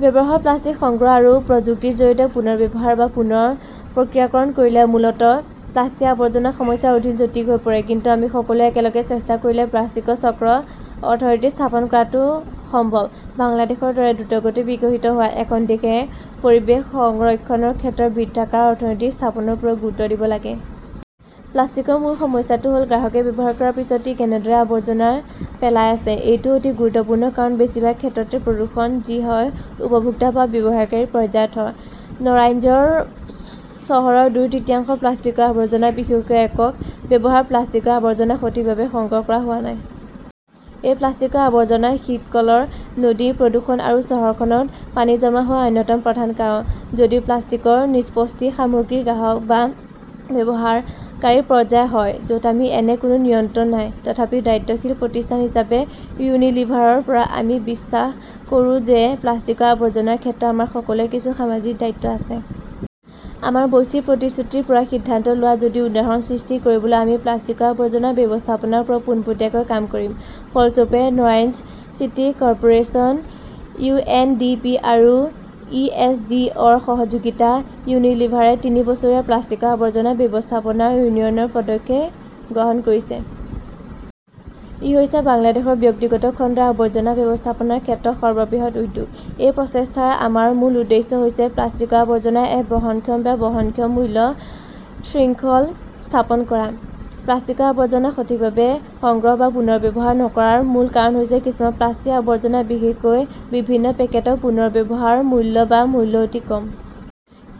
ব্যৱহৃত প্লাষ্টিক সংগ্ৰহ আৰু প্ৰযুক্তিৰ জৰিয়তে পুনৰ ব্যৱহাৰ বা পুনৰ প্ৰক্ৰিয়াকৰণ কৰিলে মূলত প্লাষ্টিকৰ আৱৰ্জনাৰ সমস্যা অধিক জটিল হৈ পৰে। কিন্তু আমি সকলোৱে একেলগে চেষ্টা কৰিলে প্লাষ্টিকৰ চক্ৰ অৰ্থনীতি স্থাপন কৰাটো সম্ভৱ। বাংলাদেশৰ দৰে দ্ৰুতগতিত বিকশিত হোৱা এখন দেশে পৰিৱেশ সংৰক্ষণৰ ক্ষেত্ৰত বৃত্তাকাৰ অৰ্থনীতি স্থাপনৰ ওপৰত গুৰুত্ব দিব লাগে। প্লাষ্টিকৰ মূল সমস্যাটো হ’ল গ্ৰাহকে ব্যৱহাৰ কৰাৰ পিছত ই কেনেদৰে ইয়াৰ আৱৰ্জনা পেলাই আছে। এইটো অতি গুৰুত্বপূৰ্ণ কাৰণ-বেছিভাগ ক্ষেত্ৰতে প্ৰদূষণ যি হয় উপভোক্তা বা ব্যৱহাৰকাৰী পৰ্যায়ত হয়। নাৰাংইজ চহৰৰ দুই তৃতীয়াংশ প্লাষ্টিকৰ আৱৰ্জনা, বিশেষকৈ একক ব্যৱহাৰৰ প্লাষ্টিকৰ আৱৰ্জনা সঠিকভাৱে সংগ্ৰহ কৰা হোৱা নাই। এই প্লাষ্টিকৰ আৱৰ্জনা শীতকালৰ নদী প্ৰদূষণ আৰু চহৰখনত পানী জমা হোৱাৰ অন্যতম প্ৰধান কাৰক। যদিও প্লাষ্টিকৰ নিষ্পত্তি সামগ্ৰীৰ গ্ৰাহক বা ব্যৱহাৰকাৰী পৰ্যায়ত হয়, য 'ত আমাৰ এনে কোনো নিয়ন্ত্ৰণ নাই। তথাপিও দায়িত্বশীল প্ৰতিষ্ঠান হিচাপে ইউনিলিভাৰৰ পৰা আমি বিশ্বাস কৰোঁ যে প্লাষ্টিকৰ আৱৰ্জনাৰ ক্ষেত্ৰত আমাৰ সকলোৰে কিছু সামাজিক দায়িত্ব আছে। আমাৰ বৈশ্বিক প্ৰতিশ্ৰুতিৰ পৰা সিদ্ধান্ত লোৱা, যদিও উদাহৰণ সৃষ্টি কৰিবলৈ আমি প্লাষ্টিকৰ আৱৰ্জনা ব্যৱস্থাপনাৰ ওপৰত পোনপটীয়াকৈ কাম কৰিম। ফলস্বৰূপে, নাৰাংইজ city corporation, U. N. D. P. আৰু ই. এছ. ডি. অ. ৰ সহযোগিতাত ইউনিলিভাৰে তিনি বছৰীয়া প্লাষ্টিকৰ আৱৰ্জনা ব্যৱস্থাপনাৰ উন্নয়নৰ পদক্ষেপ গ্ৰহণ কৰিছে। ই হৈছে বাংলাদেশৰ ব্যক্তিগত খণ্ডৰ আৱৰ্জনা ব্যৱস্থাপনাৰ ক্ষেত্ৰত সৰ্ববৃহৎ উদ্যোগ। এই প্ৰচেষ্টাত আমাৰ মূল উদ্দেশ্য হৈছে প্লাষ্টিকৰ আৱৰ্জনাৰ এক বহনক্ষম বা বহনক্ষম মূল্য শৃংখল স্থাপন কৰা। প্লাষ্টিকৰ আৱৰ্জনা সঠিকভাৱে সংগ্ৰহ বা পুনৰ্ব্যৱহাৰ নকৰাৰ মূল কাৰণ হৈছে কিছুমান প্লাষ্টিকৰ আৱৰ্জনা বিশেষকৈ বিভিন্ন পেকেটৰ পুনৰ্ব্যৱহাৰৰ মূল্য বা মূল্য অতি কম।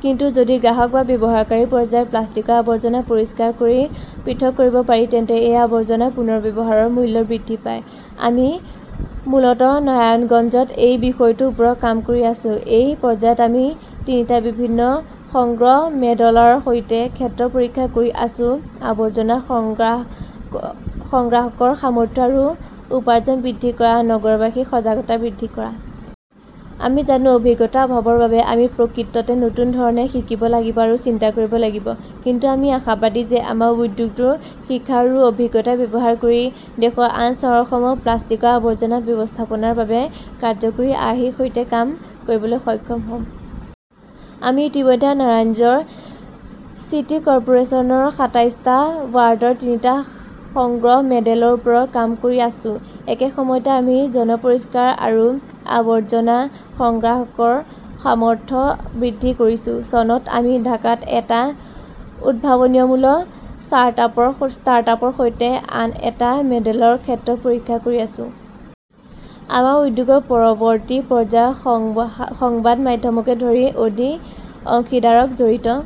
কিন্তু যদি গ্ৰাহক বা ব্যৱহাৰকাৰী পৰ্যায়ত প্লাষ্টিকৰ আৱৰ্জনা পৰিষ্কাৰ কৰি পৃথক কৰিব পাৰি, তেন্তে এই আৱৰ্জনাৰ পুনৰ্ব্যৱহাৰৰ মূল্য বৃদ্ধি পায়। আমি মূলত নাৰায়ণগঞ্জত এই বিষয়টোৰ ওপৰত কাম কৰি আছো। এই পৰ্যায়ত আমি তিনিটা ভিন্ন সংগ্ৰহ মেডলৰ সৈতে ক্ষেত্ৰ পৰীক্ষা কৰি আছো-আৱৰ্জনা সংগ্ৰাহকৰ সামৰ্থ্য আৰু উপাৰ্জন বৃদ্ধি কৰা, নগৰবাসীৰ সজাগতা বৃদ্ধি কৰা। আমি জানো, অভিজ্ঞতাৰ অভাৱৰ বাবে আমি প্ৰকৃততে নতুন ধৰণে শিকিব লাগিব আৰু চিন্তা কৰিব লাগিব। কিন্তু আমি আশাবাদী যে আমি উদ্যোগটোৰ শিক্ষা আৰু অভিজ্ঞতা ব্যৱহাৰ কৰি দেশৰ আন চহৰসমূহত প্লাষ্টিকৰ আৱৰ্জনা ব্যৱস্থাপনাৰ বাবে কাৰ্য্যকৰী আৰ্হিৰ সৈতে কাম কৰিবলৈ সক্ষম হ 'ম। আমি ইতিমধ্যে নাৰাংইজ চিটি কৰ্পোৰেচনৰ সাতাইশ টা ৱাৰ্ডত তিনিটা সংগ্ৰহ মডেলৰ ওপৰত কাম কৰি আছো। একে সময়তে আমি জন পৰিষ্কাৰক আৰু আৱৰ্জনা সংগ্ৰাহকৰ সামৰ্থ্য বৃদ্ধি কৰিছো। চনত আমি ঢাকাত এটা উদ্ভাৱনীয়মূলক ষ্টাৰ্টআপৰ সৈতে আন এটা মেডলৰ ক্ষেত্ৰ পৰীক্ষা কৰি আছো। আমাৰ উদ্যোগৰ পৰৱৰ্তী পৰ্যায়ত সংবাদ মাধ্যমকে ধৰি অধিক অংশীদাৰক জড়িত